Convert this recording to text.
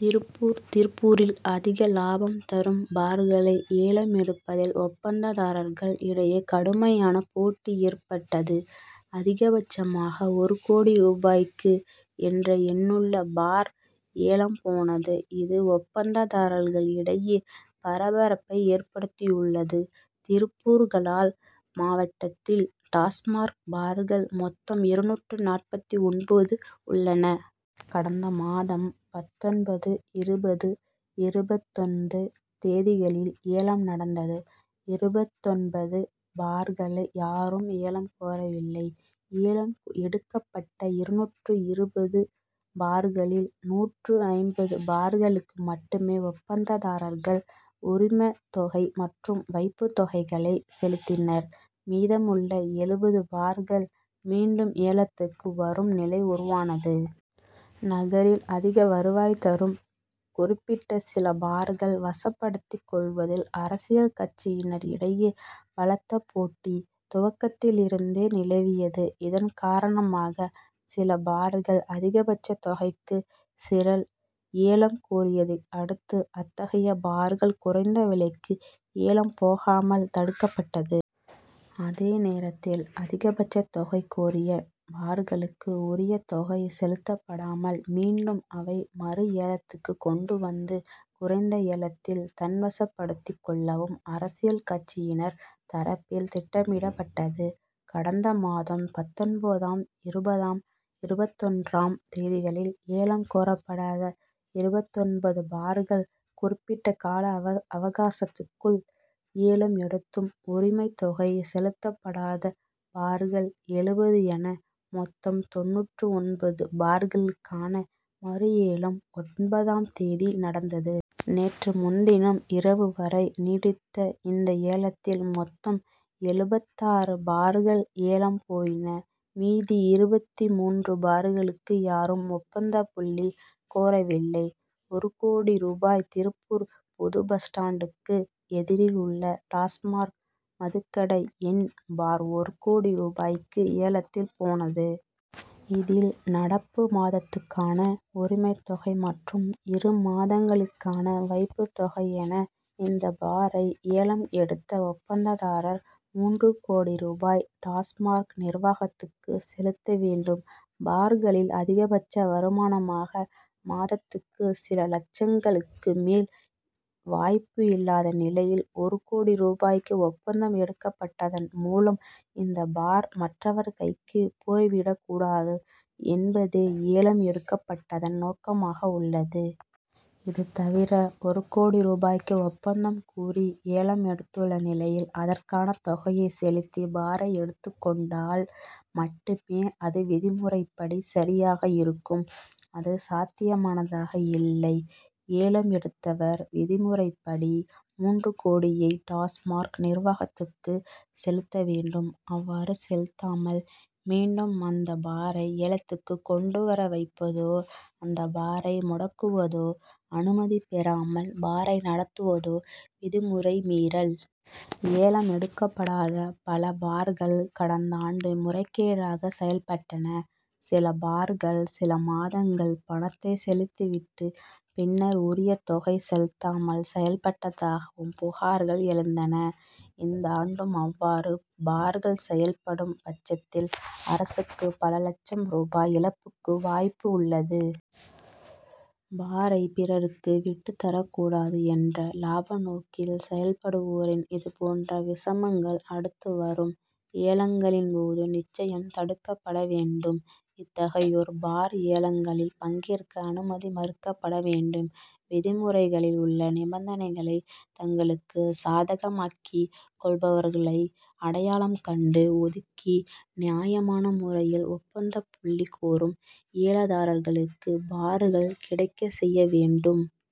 திருப்பூர் திருப்பூரில் அதிக லாபம் தரும் பார்களை ஏலம் எடுப்பதில் ஒப்பந்ததாரர்கள் இடையே கடுமையான போட்டி ஏற்பட்டது. அதிகபட்சமாக ஒரு கோடி ரூபாய்க்கு என்ற எண்ணுள்ள பார் ஏலம் போனது இது ஒப்பந்ததாரர்கள் இடையே பரபரப்பை ஏற்படுத்தியுள்ளது. திருப்பூர் கலால் மாவட்டத்தில் டாஸ்மாக் பார்கள் மொத்தம் இருநூற்று நாற்பத்து ஒன்பது உள்ளன. கடந்த மாதம் பத்தொன்பது இருபது இருபத்தொன்து தேதிகளில் ஏலம் நடந்தது இருபத்தொன்பது பார்களை யாரும் ஏலம் கோரவில்லை. ஏலம் எடுக்கப்பட்ட இருநூற்று இருபது பார்களில் நூற்று ஐம்பது பார்களுக்கு மட்டுமே ஒப்பந்ததாரர்கள் உரிமத்தொகை மற்றும் வைப்பு தொகைகளை செலுத்தினர். மீதமுள்ள எழுபது பார்கள் மீண்டும் ஏலத்துக்கு வரும் நிலை உருவானது. நகரில் அதிக வருவாய் தரும் குறிப்பிட்ட சில பார்களை வசப்படுத்திக் கொள்வதில் அரசியல் கட்சியினர் இடையே பலத்த போட்டி துவக்கத்தில் இருந்தே நிலவியது. இதன்காரணமாக சில பார்களை அதிகபட்ச தொகைக்கு சிலர் ஏலம் கோரியதை அடுத்து அத்தகைய பார்கள் குறைந்த விலைக்கு ஏலம் போகாமல் தடுக்கப்பட்டது. அதேநேரத்தில் அதிகபட்ச தொகை கோரிய பார்களுக்கு உரிய தொகை செலுத்தப்படாமல் மீண்டும் அவை மறுஏலத்துக்கு கொண்டு வந்து குறைந்த ஏலத்தில் தன்வசப்படுத்திக் கொள்ளவும் அரசியல் கட்சியினர் தரப்பில் திட்டமிடப்பட்டது. கடந்த மாதம் பத்தொன்பதாம் இருபதாம் இருபத்தொன்றாம் தேதிகளில் ஏலம் கோரப்படாத இருபத்தொன்பது பார்கள் குறிப்பிட்ட கால அவகாசத்துக்குள் ஏலம் எடுத்தும் உரிமத்தொகை செலுத்தப்படாத பார்கள் எழுபது என மொத்தம் தொண்ணூற்று ஒன்பது பார்களுக்கான மறுஏலம் ஒன்பதாம் தேதி நடந்தது. நேற்று முன்தினம் இரவு வரை நீடித்த இந்த ஏலத்தில் மொத்தம் எழுபத்தாறு பார்கள் ஏலம் போயின மீதி இருபத்து மூன்று பார்களுக்கு யாரும் ஒப்பந்தப்புள்ளி கோரவில்லை. ஒரு கோடி ரூபாய் திருப்பூர் புது பஸ் ஸ்டாண்டுக்கு எதிரில் உள்ள டாஸ்மாக்' மதுக்கடை எண் பார் ஒரு கோடி ரூபாய்க்கு ஏலத்தில் போனது. இதில் நடப்பு மாதத்துக்கான உரிமத்தொகை மற்றும் இரு மாதங்களுக்கான வைப்பு தொகை என இந்த பாரை ஏலம் எடுத்த ஒப்பந்ததாரர் மூன்று கோடி ரூபாய் டாஸ்மாக்' நிர்வாகத்துக்குச் செலுத்த வேண்டும். பார்களில் அதிகபட்ச வருமானமாக மாதத்துக்கு சில லட்சங்களுக்கு மேல் வாய்ப்பு இல்லாத நிலையில் ஒரு கோடி ரூபாய்க்கு ஒப்பந்தம் எடுக்கப்பட்டதன் மூலம் இந்த பார் மற்றவர் கைக்கு போய் விடக்கூடாது என்பதே ஏலம் எடுக்கப்பட்டதன் நோக்கமாக உள்ளது. இதுதவிர ஒரு கோடி ரூபாய்க்கு ஒப்பந்தம் கூறி ஏலம் எடுத்துள்ள நிலையில் அதற்கான தொகையை செலுத்தி பாரை எடுத்துக் கொண்டால் மட்டுமே அது விதிமுறைபடி சரியாக இருக்கும் அது சாத்தியமானதாக இல்லை. ஏலம் எடுத்தவர் விதிமுறைப்படி மூன்று கோடியை டாஸ்மாக்' நிர்வாகத்துக்கு செலுத்த வேண்டும். அவ்வாறு செலுத்தாமல் மீண்டும் அந்த பாரை ஏலத்துக்கு கொண்டு வர வைப்பதோ அந்த பாரை முடக்குவதோ அனுமதி பெறாமல் பாரை நடத்துவதோ விதிமுறை மீறல். ஏலம் எடுக்கப்படாத பல பார்கள் கடந்தாண்டு முறைகேடாக செயல்பட்டன. சில பார்கள் சில மாதங்கள் பணத்தை செலுத்தி விட்டு பின்னர் உரிய தொகை செலுத்தாமல் செயல்பட்டதாகவும் புகார்கள் எழுந்தன. இந்தாண்டும் அவ்வாறு பார்கள் செயல்படும் பட்சத்தில் அரசுக்கு பல லட்சம் ரூபாய் இழப்புக்கு வாய்ப்பு உள்ளது. பாரை பிறருக்கு விட்டு தரக்கூடாது என்ற லாப நோக்கில் செயல்படுவோரின் இதுபோன்ற விஷமங்கள் அடுத்து வரும் ஏலங்களின் போது நிச்சயம் தடுக்கப்பட வேண்டும். இத்தகையோர் பார் ஏலங்களில் பங்கேற்க அனுமதி மறுக்கப்பட வேண்டும். விதிமுறைகளில் உள்ள நிபந்தனைகளை தங்களுக்கு சாதகமாக்கிக்கொள்பவர்களை அடையாளம் கண்டு ஒதுக்கி நியாயமான முறையில் ஒப்பந்தப்புள்ளி கோரும் ஏலதாரர்களுக்கு பார்கள் கிடைக்கச்செய்ய வேண்டும்.